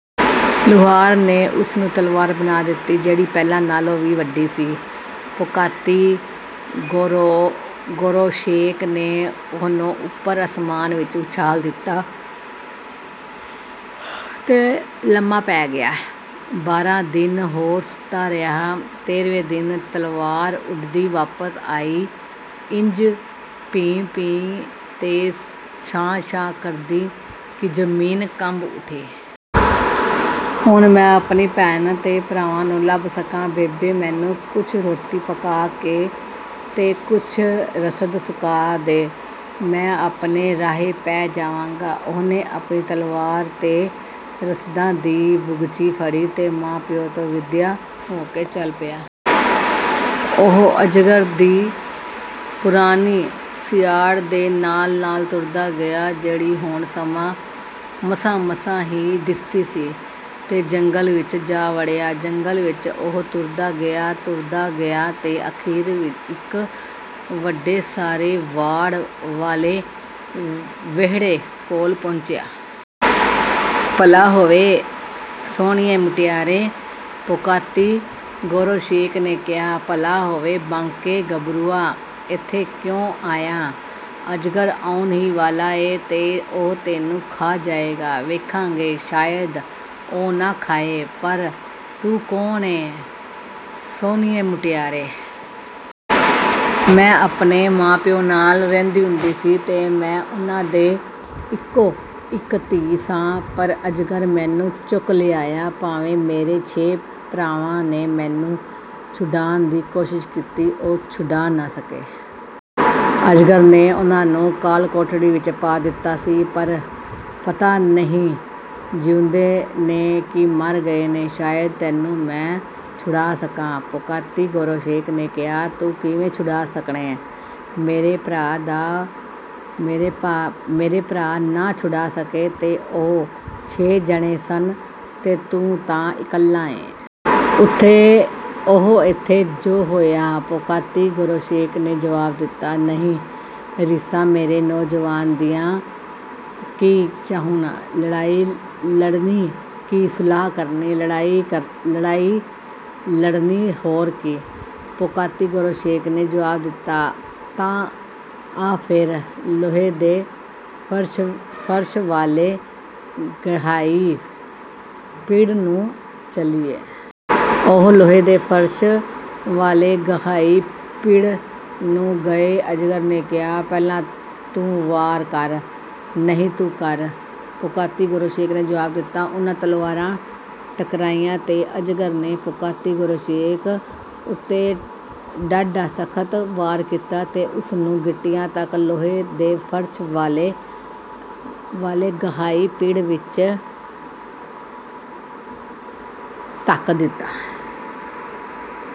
ਲੁਹਾਰ ਨੇ ਉਸਨੂੰ ਤਲਵਾਰ ਬਣਾ ਦਿੱਤੀ, ਜਿਹੜੀ ਪਹਿਲਾਂ ਨਾਲੋਂ ਵੀ ਵੱਡੀ ਸੀ। ਪੋਕਾਤੀ-ਗੋਰੋਸ਼ੇਕ ਨੇ ਉਹਨੂੰ ਉੱਪਰ ਅਸਮਾਨ ਵਿੱਚ ਉਛਾਲ ਦਿੱਤਾ ਤੇ ਲੰਮਾ ਪੈ ਗਿਆ। ਬਾਰ੍ਹਾਂ ਦਿਨ ਹੋਰ ਸੁੱਤਾ ਰਿਹਾ। ਤੇਰ੍ਹਵੇਂ ਦਿਨ ਤਲਵਾਰ ਉੱਡਦੀ ਵਾਪਸ ਆਈ, ਇੰਜ ਭੀਂ-ਭੀਂ ਤੇ ਸਾਂ-ਸਾਂ ਕਰਦੀ ਕਿ ਜ਼ਮੀਨ ਕੰਬ ਉੱਠੀ। “ਹੁਣ ਮੈਂ ਆਪਣੀ ਭੈਣ ਤੇ ਭਰਾਵਾਂ ਨੂੰ ਲੱਭ ਸਕਨਾਂ। ਬੇਬੇ, ਮੈਨੂੰ ਕੁਝ ਰੋਟੀ ਪਕਾਕੇ ਤੇ ਕੁਝ ਰਸਦ ਸੁਕਾ ਦੇ। ਮੈਂ ਆਪਣੇ ਰਾਹੇ ਪੈ ਜਾਵਾਂਗਾ।” ਉਹਨੇ ਆਪਣੀ ਤਲਵਾਰ ਤੇ ਰਸਦਾਂ ਦੀ ਬੁਗਚੀ ਫੜੀ ਅਤੇ ਮਾਂ-ਪਿਉ ਤੋਂ ਵਿਦਿਆ ਹੋ ਕੇ ਚੱਲ ਪਿਆ। ਉਹ ਅਜਗਰ ਦੀ ਪੁਰਾਣੀ ਸਿਆੜ ਦੇ ਨਾਲ-ਨਾਲ ਤੁਰਦਾ ਗਿਆ, ਜਿਹੜੀ ਹੁਣ ਮਸਾਂ-ਮਸਾਂ ਹੀ ਦਿਸਦੀ ਸੀ, ਤੇ ਜੰਗਲ ਵਿੱਚ ਜਾ ਵੜਿਆ। ਜੰਗਲ ਵਿੱਚ ਉਹ ਤੁਰਦਾ ਗਿਆ, ਤੁਰਦਾ ਗਿਆ ਤੇ ਅਖ਼ੀਰ ਇੱਕ ਵੱਡੇ ਸਾਰੇ ਵਾੜ ਵਾਲੇ ਵਿਹੜੇ ਕੋਲ ਪਹੁੰਚਿਆ। “ਭਲਾ ਹੋਵੇ, ਸੁਹਣੀਏ ਮੁਟਿਆਰੇ!” ਪੋਕਾਤੀ-ਗੋਰੋਸ਼ੇਕ ਨੇ ਕਿਹਾ। “ਭਲਾ ਹੋਵੇ, ਬਾਂਕੇ ਗੱਭਰੂਆ! ਏਥੇ ਕਿਉਂ ਆਇਆਂ? ਅਜਗਰ ਆਉਣ ਹੀ ਵਾਲਾ ਏ ਤੇ ਉਹ ਤੈਨੂੰ ਖਾ ਜਾਏਗਾ।” “ਵੇਖਾਂਗੇ। ਸ਼ਾਇਦ ਉਹ ਨਾ ਖਾਏ। ਪਰ ਤੂੰ ਕੌਣ ਏਂ, ਸੁਹਣੀਏ ਮੁਟਿਆਰੇ?” “ਮੈਂ ਆਪਣੇ ਮਾਂ-ਪਿਉ ਨਾਲ ਰਹਿੰਦੀ ਹੁੰਦੀ ਸੀ ਤੇ ਮੈਂ ਉਹਨਾਂ ਦੀ ਇਕੋ-ਇੱਕ ਧੀ ਸਾਂ ਪਰ ਅਜਗਰ ਮੈਨੂੰ ਚੁੱਕ ਲਿਆਇਆ। ਭਾਵੇਂ ਮੇਰੇ ਛੇ ਭਰਾਵਾਂ ਨੇ ਮੈਨੂੰ ਛੁਡਾਣ ਦੀ ਕੋਸ਼ਿਸ਼ ਕੀਤੀ, ਉਹ ਛੁਡਾ ਨਾ ਸਕੇ। ਅਜਗਰ ਨੇ ਉਹਨਾਂ ਨੂੰ ਕਾਲ-ਕੋਠੜੀ ਵਿੱਚ ਪਾ ਦਿੱਤਾ ਸੀ। ਪਤਾ ਨਹੀਂ ਜਿਉਂਦੇ ਨੇ ਕਿ ਮਰ ਗਏ ਨੇ।” “ਸ਼ਾਇਦ ਤੈਨੂੰ ਮੈਂ ਛੁਡਾ ਸਕਾਂ,” ਪੋਕਾਤੀ-ਗੋਰੋਸ਼ੇਕ ਨੇ ਕਿਹਾ। “ਤੂੰ ਕਿਵੇਂ ਛੁਡਾ ਸਕਣੈਂ? ਮੇਰੇ ਭਰਾ ਨਾ ਛੁਡਾ ਸਕੇ, ਤੇ ਉਹ ਛੇ ਜਣੇ ਸਨ, ਤੇ ਤੂੰ ਤਾਂ ਇਕੱਲਾ ਏਂ!” “ਉਹ ਏਥੇ ਜੋ ਹੋਇਆ!” ਪੋਕਾਤੀ-ਗੋਰੋਸ਼ੇਕ ਨੇ ਜਵਾਬ ਦਿੱਤਾ। “ਨਹੀਂ ਰੀਸਾਂ, ਮੇਰੇ ਨੌਜਵਾਨ ਦੀਆਂ! ਕੀ ਚਾਹੁੰਣੈਂ—ਲੜਾਈ ਲੜਨੀ ਕਿ ਸੁਲਾਹ ਕਰਨੀ?” “ਲੜਾਈ ਲੜਨੀ, ਹੋਰ ਕੀ!” ਪੋਕਾਤੀ-ਗੋਰੋਸ਼ੇਕ ਨੇ ਜਵਾਬ ਦਿੱਤਾ। “ਤਾਂ ਆ ਫਿਰ ਲੋਹੇ ਦੇ ਫ਼ਰਸ਼ ਵਾਲੇ ਗਹਾਈ-ਪਿੜ ਨੂੰ ਚੱਲੀਏ।” ਉਹ ਲੋਹੇ ਦੇ ਫ਼ਰਸ਼ ਵਾਲੇ ਗਹਾਈ-ਪਿੜ ਨੂੰ ਗਏ। ਅਜਗਰ ਨੇ ਕਿਹਾ, “ਪਹਿਲਾਂ ਤੂੰ ਵਾਰ ਕਰ।” “ਨਹੀਂ, ਤੂੰ ਕਰ,” ਪੋਕਾਤੀ-ਗੋਰੋਸ਼ੇਕ ਨੇ ਜਵਾਬ ਦਿੱਤਾ। ਉਹਨਾਂ ਤਲਵਾਰਾਂ ਟਕਰਾਈਆਂ ਤੇ ਅਜਗਰ ਨੇ ਪੋਕਾਤੀ-ਗੋਰੋਸ਼ੇਕ ਉੱਤੇ ਡਾਢਾ ਸਖ਼ਤ ਵਾਰ ਕੀਤਾ ਤੇ ਉਸਨੂੰ ਗਿੱਟਿਆਂ ਤੱਕ ਲੋਹੇ ਦੇ ਫ਼ਰਸ਼ ਵਾਲੇ ਗਹਾਈ-ਪਿੜ ਵਿੱਚ ਧੱਕ ਦਿੱਤਾ।